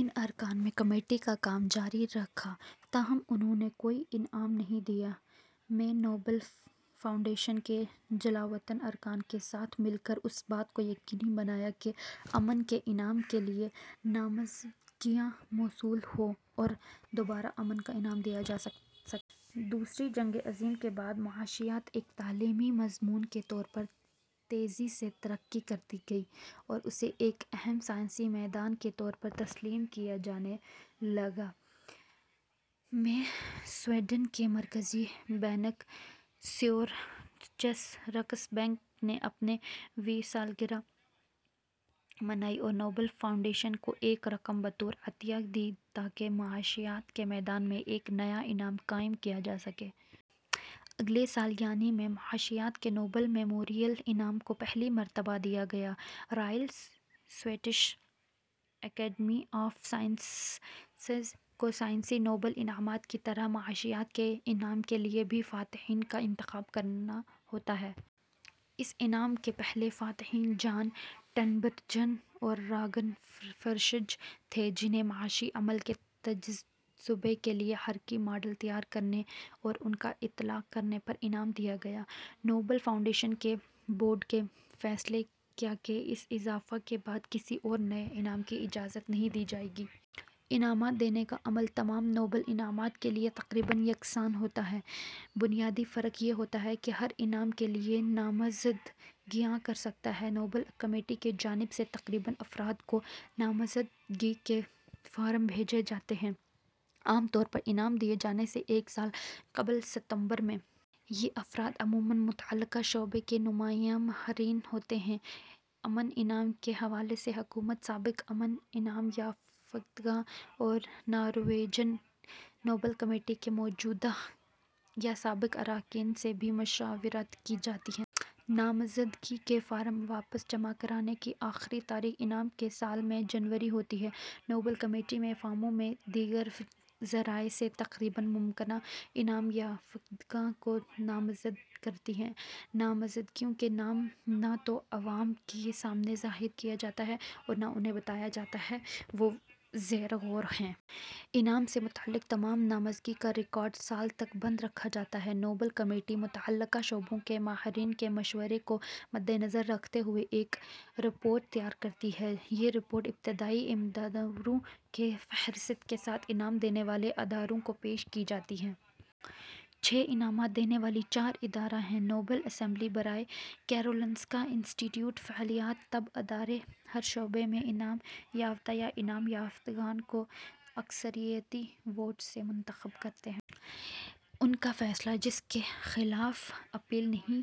ان ارکان نے کمیٹی کا کام جاری رکھا، تاہم انھوں نے کوئی انعام نہیں دیا۔ میں، نوبل فاؤنڈیشن نے جلا وطن ارکان کے ساتھ مل کر اس بات کو یقینی بنایا کہ امن کے انعام کے لیے نامزدگیاں موصول ہوں اور دوبارہ امن کا انعام دیا جا سکے۔ دوسری جنگ عظیم کے بعد، معاشیات ایک تعلیمی مضمون کے طور پر تیزی سے ترقی کرتی گئی اور اسے ایک اہم سائنسی میدان کے طور پر تسلیم کیا جانے لگا۔ میں، سویڈن کے مرکزی بینک " سیورجس رکس بینک " نے اپنی ویں سالگرہ منائی اور نوبل فاونڈیشن کو ایک رقم بطور عطیہ دی تاکہ معاشیات کے میدان میں ایک نیا انعام قائم کیا جا سکے۔ اگلے سال، یعنی میں، " معاشیات کے نوبل میموریل انعام " کو پہلی مرتبہ دیا گیا۔ " Royal Swedish Academy of Sciences " کو سائنسی نوبل انعامات کی طرح ہی معاشیات کے انعام کے لیے بھی فاتحین کا انتخاب کرنا ہوتا ہے۔ اس انعام کے پہلے فاتحین جان ٹنبرجن اور راگنرفرشچ تھے، جنھیں "معاشی عمل کے تجزیے کے لیے حرکی ماڈل تیار کرنے اور ان کا اطلاق کرنے" پر انعام دیا گیا۔ نوبل فاؤنڈیشن کے بورڈ نے فیصلہ کیا کہ اس اضافے کے بعد کسی اور نئے انعام کی اجازت نہیں دی جائے گی۔ انعامات دینے کا عمل تمام نوبل انعامات کے لیے تقریباً یکساں ہوتا ہے، بنیادی فرق یہ ہوتا ہے کہ ہر انعام کے لیے کون نامزدگیاں کر سکتا ہے۔ نوبل کمیٹی کی جانب سے تقریباً افراد کو نامزدگی کے فارم بھیجے جاتے ہیں، عام طور پر انعام دیے جانے سے ایک سال قبل ستمبر میں۔ یہ افراد عموماً متعلقہ شعبے کے نمایاں ماہرین ہوتے ہیں۔ امن انعام کے حوالے سے حکومتوں، سابق امن انعام یافتگان اور نارویجن نوبل کمیٹی کے موجودہ یا سابق اراکین سے بھی مشاورت کی جاتی ہے۔ نامزدگی کے فارم واپس جمع کرانے کی آخری تاریخ انعام کے سال میں جنوری ہوتی ہے۔ نوبل کمیٹی ان فارموں اور دیگر ذرائع سے تقریباً ممکنہ انعام یافتگان کو نامزد کرتی ہے۔ نامزدگیوں کے نام نہ تو عوام کے سامنے ظاہر کیے جاتے ہیں اور نہ انھیں بتایا جاتا ہے کہ وہ زیر غور ہیں۔ انعام سے متعلق تمام نامزدگی کا ریکارڈ سال تک بند رکھا جاتا ہے۔ نوبل کمیٹی متعلقہ شعبوں کے ماہرین کے مشورے کو مدنظر رکھتے ہوئے ایک رپورٹ تیار کرتی ہے۔ یہ رپورٹ، ابتدائی امیدواروں کی فہرست کے ساتھ، انعام دینے والے اداروں کو پیش کی جاتی ہے۔ چھ انعامات دینے والے چار ادارے ہیں:۔ نوبل اسمبلی برائے کیرولنسکا انسٹی ٹیوٹ – فعلیات / طب ادارے ہر شعبے میں انعام یافتہ یا انعام یافتگان کو اکثریتی ووٹ سے منتخب کرتے ہیں۔ ان کا فیصلہ، جس کے خلاف اپیل نہیں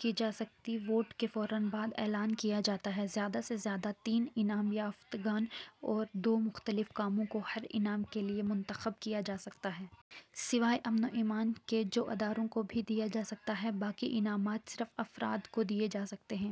کی جا سکتی، ووٹ کے فوراً بعد اعلان کیا جاتا ہے۔ زیادہ سے زیادہ تین انعام یافتگان اور دو مختلف کاموں کو ہر انعام کے لیے منتخب کیا جا سکتا ہے۔ سوائے امن انعام کے، جو اداروں کو بھی دیا جا سکتا ہے، باقی انعامات صرف افراد کو دیے جا سکتے ہیں۔